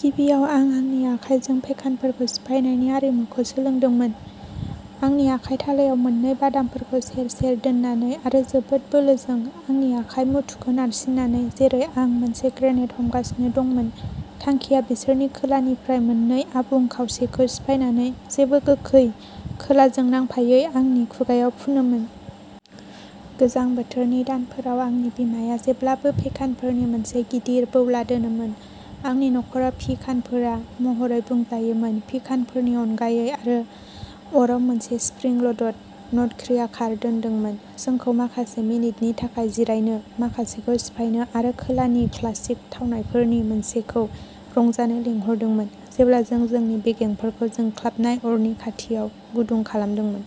गिबियावनो आं आंनि आखाइजों पेकानफोरखौ सिफायनायनि आरिमुखौ सोलोंदोंमोन, आंनि आखाइ थालायाव मोननै बादामफोरखौ सेर-सेर दोननानै आरो जोबोद बोलोजों आंनि आखाइ मुथुखौ नारसिन्नानै, जेरै आं मोनसे ग्रेनेड हमगासिनो दंमोन। थांखिया बिसोरनि खोलानिफ्राय मोननै आबुं खावसेखौ सिफायनानै जेबो गोखै खोलाजों नांफायै आंनि खुगाआव फुनोमोन। गोजां बोथोरनि दानफोराव, आंनि बिमाया जेब्लाबो पेकानफोरनि मोनसे गिदिर बौला दोनोमोन। आंनि नखराव पि-कानफोर महरै बुंजायोमोन, पि-कानफोरनि अनगायै आरो अराव मोनसे स्प्रिं-ल'डड नटक्र्याकार दोनदोंमोन, जोंखौ माखासे मिनिटनि थाखाय जिरायनो, माखासेखौ सिफायनो आरो खोलानि क्लासिक थावनायफोरनि मोनसेखौ रंजानो लिंहरदोंमोन, जेब्ला जों जोंनि बेगेंफोरखौ जोंख्लाबनाय अरनि खाथियाव गुदुं खालामदोंमोन।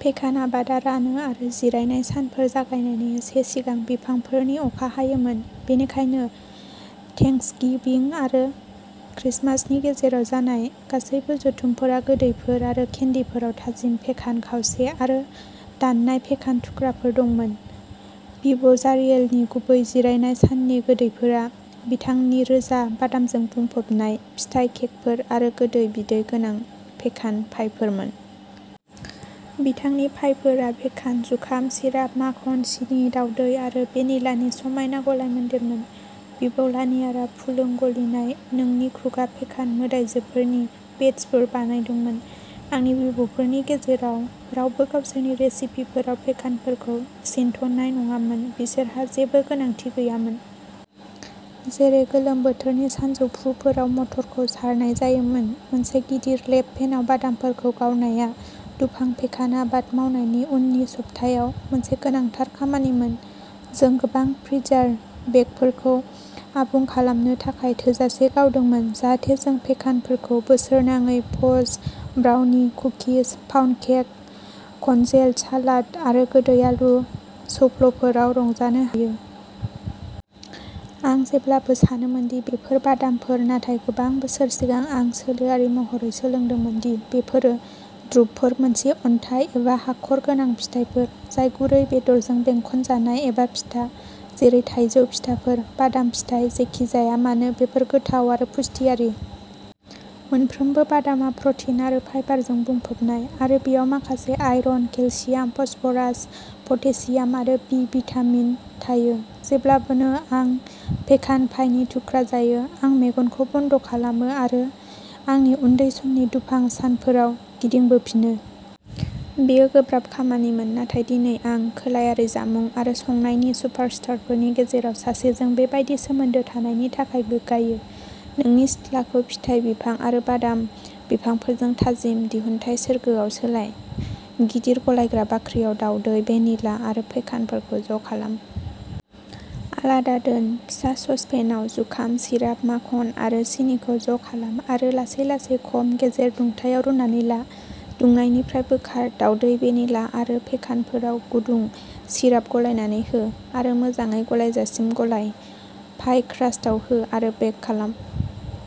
पेकान आबादा रानो आरो जिरायनाय सानफोर जागायनायनि एसे सिगां बिफांफोरनिफ्राय अखा हायोमोन, बेनिखायनो थेंक्सगिविं आरो क्रिसमासनि गेजेराव जानाय गासैबो जथुमफोरा गोदैफोर आरो केन्डिफोराव थाजिम पेकान खावसे आरो दाननाय पेकान थुख्राफोर दंमोन। बिबौ जारियेलनि गुबै जिरायनाय साननि गोदैफोरा बिथांनि रोजा, बादामजों बुंफबनाय फिथाइ केकफोर आरो गोदै, बिदै गोनां पेकान पाइफोरमोन। बिथांनि पाइफोरा पेकान, जुखाम सिराप, माखन, सिनि, दावदै आरो भेनिलानि समायना गलायमोनदेरमोन। बिबौ लानियारआ फुलुं, गलिनाय नोंनि खुगा पेकान मोदायजोफोरनि बेचफोर बानायदोंमोन। आंनि बिबौफोरनि गेजेराव रावबो गावसोरनि रेसिपिफोराव पेकानफोरखौ सिनथ'नाय नङामोन बिसोरहा जेबो गोनांथि गैयामोन। जेरै गोलोम बोथोरनि सानजौफुफोराव मटरखौ सारनाय जायोमोन, मोनसे गिदिर लेप पेनआव बादामफोरखौ गावनाया दुफां पेकान आबाद मावनायनि उननि सप्तायाव मोनसे गोनांथार खामानिमोन। जों गोबां फ्रिजार बेगफोरखौ आबुं खालामनो थाखाय थोजासे गावदोंमोन जाहाथे जों पेकानफोरखौ बोसोरनाङै fudge, brownie, cookies, pound cake, congealed salad आरो गोदै आलु सौफ्लफोराव रंजानो हायो। आं जेब्लाबो सानोमोन दि बेफोर बादामफोर, नाथाय गोबां बोसोर सिगां, आं सोलोआरि महरै सोलोंदोंमोन दि बेफोरो द्रुपफोर मोनसे अन्थाइ एबा हाखर गोनां फिथाइफोर जाय गुरै बेदरजों बेंखनजानाय एबा फिथा, जेरै-थाइजौ फिथाफोर। बादाम, फिथाइ, जेखि जाया मानो, बेफोर गोथाव आरो पुष्टियारि। मोनफ्रोमबो बादामआ प्रटिन आरो फाइबारजों बुंफबनाय आरो बेयाव माखासे आयरन, केलसियाम, फस्फरास, पटेसियाम आरो बि भिटामिन थायो। जेब्लानो आं पेकान पाइनि थुख्रा जायो, आं मेगनखौ बन्द' खालामो आरो आंनि उन्दै समनि दुफां सानफोराव गिदिंबोफिनो। बेयो गोब्राब खामानिमोन नाथाय दिनै आं खोलायारि जामुं आरो संनायनि सुपारस्टारफोरनि गेजेराव सासेजों बेबादि सोमोन्दो थानायनि थाखाय गोग्गायो। नोंनि सिथ्लाखौ फिथाइ बिफां आरो बादाम बिफांफोरजों थाजिम दिहुनथाय सोरगोआव सोलाय। गिदिर गलायग्रा बाख्रियाव, दावदै, भेनिला आरो पेकानफोरखौ ज' खालाम। आलादा दोन। फिसा सस पेनआव जुखाम सिराप, माखन आरो सिनिखौ ज'खालाम आरो लासै-लासै खम-गेजेर दुंथायाव रुनानै ला। दुंनायनिफ्राय बोखार। दावदै, भेनिला आरो पेकानफोराव गुदुं सिराप गलायनानै हो, आरो मोजाङै गलायजासिम गलाय। पाइ क्रास्टआव हो आरो बेक खालाम।